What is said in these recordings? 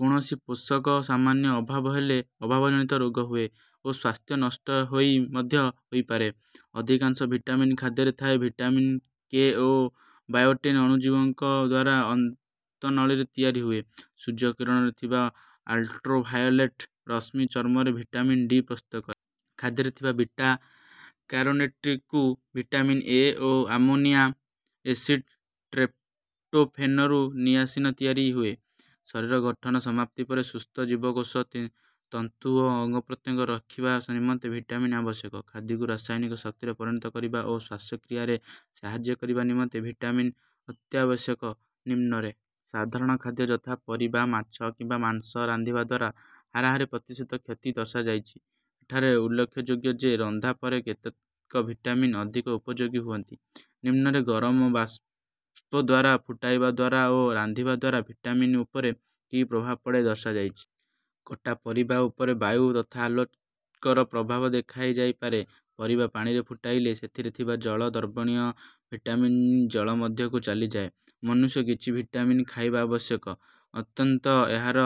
କୌଣସି ପୋଷକ ସାମାନ୍ୟ ଅଭାବ ହେଲେ ଅଭାବଜନିତ ରୋଗ ହୁଏ ଓ ସ୍ଥାୟୀ ନଷ୍ଟ ମଧ୍ୟ ହୋଇପାରେ। ଅଧିକାଂଶ ଭିଟାମିନ୍ ଖାଦ୍ୟରେ ଥାଏ। ଭିଟାମିନ୍-କେ ଓ ବାୟୋଟିନ୍ ଅଣୁଜୀବଙ୍କ ଦ୍ୱାରା ଅନ୍ତନଳୀରେ ତିଆରି ହୁଏ। ସୂର୍ଯ୍ୟକିରଣରେ ଥିବା ଅଲ୍ଟ୍ରାଭାୟୋଲେଟ୍ ରଶ୍ମି ଚର୍ମରେ ଭିଟାମିନ୍-ଡି ପ୍ରସ୍ତୁତ କରେ। ଖାଦ୍ୟରେ ଥିବା ବିଟା-କ୍ୟାରୋନେଟ୍ରିକ୍କୁ ଭିଟାମିନ୍-ଏ ଓ ଆମିନୋ ଏସିଡ୍ ଟ୍ରିପ୍ଟୋଫେନ୍‌ରୁ ନିଆସିନ୍ ତିଆରି ହୁଏ। ଶରୀର ଗଠନ ସମାପ୍ତି ପରେ ସୁସ୍ଥ ଜୀବକୋଷ, ତି ତନ୍ତୁ ଓ ଅଙ୍ଗପ୍ରତ୍ୟଙ୍ଗ ରଖିବା ନିମନ୍ତେ ଭିଟାମିନ୍ ଆବଶ୍ୟକ। ଖାଦ୍ୟକୁ ରାସାୟନିକ ଶକ୍ତିରେ ପରିଣତ କରିବା ଓ ଶ୍ୱାସକ୍ରିୟାରେ ସାହାଯ୍ୟ କରିବା ନିମନ୍ତେ ଭିଟାମିନ୍ ଅତ୍ୟାବଶ୍ୟକ। ନିମ୍ନରେ ସାଧାରଣ ଖାଦ୍ୟ, ଯଥା: ପରିବା, ମାଛ କିମ୍ବା ମାଂସ ରାନ୍ଧିବା ଦ୍ୱାରା ହାରାହାରି ପ୍ରତିଶତ କ୍ଷତି ଦର୍ଶାଯାଇଛି। ଏଠାରେ ଉଲ୍ଲେଖଯୋଗ୍ୟ ଯେ, ରନ୍ଧା ପରେ କେତେକ ଭିଟାମିନ୍ ଅଧିକ ଉପଯୋଗୀ ହୁଅନ୍ତି। ନିମ୍ନରେ ଗରମ ବାଷ୍ପ ଦ୍ୱାରା, ଫୁଟାଇବା ଦ୍ୱାରା ଓ ରାନ୍ଧିବା ଦ୍ୱାରା ଭିଟାମିନ୍ ଉପରେ କି ପ୍ରଭାବ ପଡ଼େ ଦର୍ଶାଯାଇଛି। କଟା ପରିବା ଉପରେ ବାୟୁ ତଥା ଆଲୋକର ପ୍ରଭାବ ଦେଖାଯାଇପାରେ। ପରିବା ପାଣିରେ ଫୁଟାଇଲେ ସେଥିରେ ଥିବା ଜଳ-ଦ୍ରବଣୀୟ ଭିଟାମିନ୍ ଜଳ ମଧ୍ୟକୁ ଚାଲିଯାଏ। ମନୁଷ୍ୟ କିଛି ଭିଟାମିନ୍ ଖାଇବା ଆବଶ୍ୟକ, ଅନ୍ତତଃ ଏହାର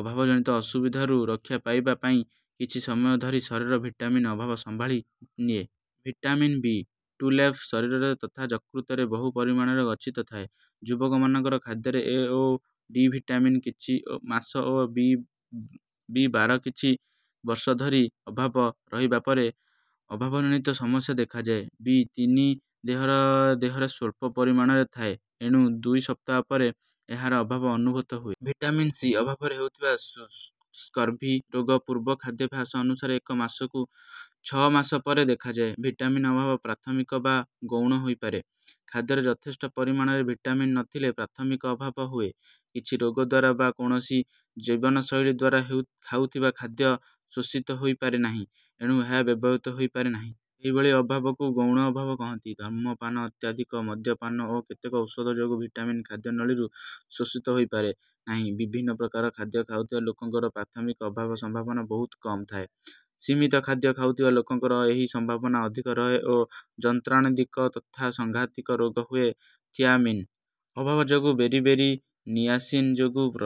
ଅଭାବଜନିତ ଅସୁବିଧାରୁ ରକ୍ଷା ପାଇବା ପାଇଁ। କିଛି ସମୟ ଧରି ଶରୀର ଭିଟାମିନ୍ ଅଭାବ ସମ୍ଭାଳି ନିଏ। ଭିଟାମିନ୍- ବି ଟୁଏଲ୍ଭ ଶରୀରରେ ତଥା ଯକୃତରେ ବୋହୁ ପରିମାଣରେ ଗଚ୍ଛିତ ଥାଏ। ଯୁବକମାନଙ୍କର ଖାଦ୍ୟରେ ଏ ଓ ଡି ଭିଟାମିନ୍ କିଛି ଓ ମାସ ଓ ବି-ବାର କିଛି ବର୍ଷ ଧରି ଅଭାବ ରହିବା ପରେ ଅଭାବଜନିତ ସମସ୍ୟା ଦେଖାଯାଏ। ବି-ତିନି ଦେହର ଦେହରେ ସ୍ୱଳ୍ପ ପରିମାଣରେ ଥାଏ, ଏଣୁ ଦୁଇ ସପ୍ତାହ ପରେ ଏହାର ଅଭାବ ଅନୁଭୂତ ହୁଏ। ଭିଟାମିନ୍-ସି ଅଭାବରେ ହେଉଥିବା ସ୍ ସ୍ ସ୍ ସ୍କର୍ଭି ରୋଗ ପୂର୍ବ ଖାଦ୍ୟାଭ୍ୟାସ ଅନୁସାରେ ଏକ ମାସରୁ ଛଅ ମାସ ପରେ ଦେଖାଯାଏ। ଭିଟାମିନ୍ ଅଭାବ ପ୍ରାଥମିକ ବା ଗୌଣ ହୋଇପାରେ। ଖାଦ୍ୟରେ ଯଥେଷ୍ଟ ପରିମାଣରେ ଭିଟାମିନ୍ ନ ଥିଲେ ପ୍ରାଥମିକ ଅଭାବ ହୁଏ। କିଛି ରୋଗ ଦ୍ୱାରା ବା କୌଣସି ଜୀବନଶୈଳୀ ଦ୍ୱାରା ଖାଉଥିବା ଖାଦ୍ୟ ଶୋଷିତ ହୋଇପାରେ ନାହିଁ, ଏଣୁ ଏହା ବ୍ୟବହୃତ ହୋଇପାରେ ନାହିଁ। ଏହିଭଳି ଅଭାବକୁ ଗୌଣ ଅଭାବ କହନ୍ତି। ଧୂମପାନ, ଅତ୍ୟଧିକ ମଦ୍ୟପାନ ଓ କେତେକ ଔଷଧ ଯୋଗୁ ଭିଟାମିନ୍ ଖାଦ୍ୟନଳୀରୁ ଶୋଷିତ ହୋଇପାରେ ନାହିଁ। ବିଭିନ୍ନ ପ୍ରକାର ଖାଦ୍ୟ ଖାଉଥିବା ଲୋକଙ୍କର ପ୍ରାଥମିକ ଅଭାବ ସମ୍ଭାବନା ବୋହୁତ କମ୍ ଥାଏ। ସୀମିତ ଖାଦ୍ୟ ଖାଉଥିବା ଲୋକଙ୍କର ଏହି ସମ୍ଭାବନା ଅଧିକ ରହେ ଓ ଯନ୍ତ୍ରଣାଧିକ ତଥା ସାଂଘାତିକ ରୋଗ ହୁଏ। ଥିଆମିନ୍ ଅଭାବ ଯୋଗୁ ବେରି-ବେରି, ନିଆସିନ୍ ଯୋଗୁ ପ୍ର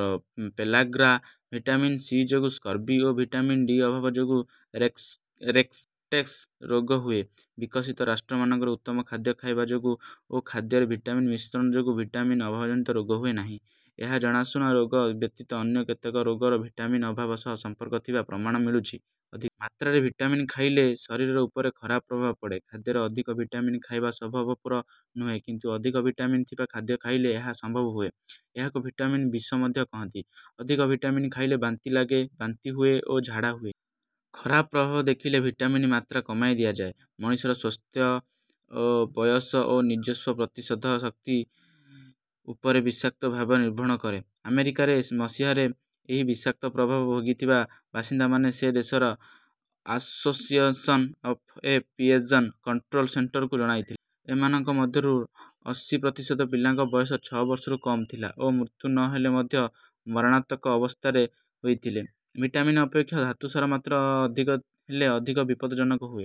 ପେଲାଗ୍ରା, ଭିଟାମିନ୍-ସି ଯୋଗୁ ସ୍କର୍ଭି ଓ ଭିଟାମିନ୍-ଡି ଅଭାବ ଯୋଗୁ ରେକ୍ସ ରେକ୍ସ ଟେକ୍ସ ରୋଗ ହୁଏ। ବିକଶିତ ରାଷ୍ଟ୍ରମାନଙ୍କରେ ଉତ୍ତମ ଖାଦ୍ୟ ଖାଇବା ଯୋଗୁ ଓ ଖାଦ୍ୟରେ ଭିଟାମିନ୍ ମିଶ୍ରଣ ଯୋଗୁ ଭିଟାମିନ୍ ଅଭାବଜନିତ ରୋଗ ହୁଏ ନାହିଁ। ଏହି ଜଣାଶୁଣା ରୋଗ ବ୍ୟତୀତ ଅନ୍ୟ କେତେକ ରୋଗର ଭିଟାମିନ୍ ଅଭାବ ସହ ସମ୍ପର୍କ ଥିବା ପ୍ରମାଣ ମିଳୁଛି। ଅଧିକ ମାତ୍ରାରେ ଭିଟାମିନ୍ ଖାଇଲେ ଶରୀର ଉପରେ ଖରାପ ପ୍ରଭାବ ପଡ଼େ। ଖାଦ୍ୟରେ ଅଧିକ ଭିଟାମିନ୍ ଖାଇବା ସମ୍ଭବପର ନୁହେଁ, କିନ୍ତୁ ଅଧିକ ଭିଟାମିନ୍ ଥିବା ଖାଦ୍ୟ ଖାଇଲେ ଏହା ସମ୍ଭବ ହୁଏ। ଏହାକୁ ଭିଟାମିନ୍ ବିଷ ମଧ୍ୟ କହନ୍ତି। ଅଧିକ ଭିଟାମିନ୍ ଖାଇଲେ ବାନ୍ତି ଲାଗେ, ବାନ୍ତି ହୁଏ ଓ ଝାଡ଼ା ହୁଏ। ଖରାପ ପ୍ରଭାବ ଦେଖିଲେ ଭିଟାମିନ୍ ମାତ୍ରା କମାଇ ଦିଆଯାଏ। ମଣିଷର ସ୍ୱସ୍ଥ୍ୟ, ବୟସ ଓ ନିଜସ୍ୱ ପ୍ରତିରୋଧ ଶକ୍ତି ଉପରେ ବିଷାକ୍ତ ପ୍ରଭାବ ନିର୍ଭର କରେ। ଆମେରିକାରେ ମସିହା ରେ ଏହି ବିଷାକ୍ତ ପ୍ରଭାବ ଭୋଗିଥିବା ବାସିନ୍ଦାମାନେ ସେ ଦେଶର ଆସୋସିଏସନ୍ ଅଫ୍ ପଏଜନ୍ କଣ୍ଟ୍ରୋଲ୍ ସେଣ୍ଟରକୁ ଜଣାଇଥିଲେ। ଏମାନଙ୍କ ମଧ୍ୟରୁ ଅଶୀ ପ୍ରତିଶତ ପିଲାଙ୍କ ବୟସ ଛଅ ବର୍ଷରୁ କମ୍ ଥିଲା ଓ ମୃତ୍ୟୁ ନ ହେଲେ ମଧ୍ୟ ମରଣାନ୍ତକ ଅବସ୍ଥା ହୋଇଥିଲା। ଭିଟାମିନ୍ ଅପେକ୍ଷା ଧାତୁସାର ମାତ୍ରା ଅଧିକ ହେଲେ ଅଧିକ ବିପଦଜନକ ହୁଏ।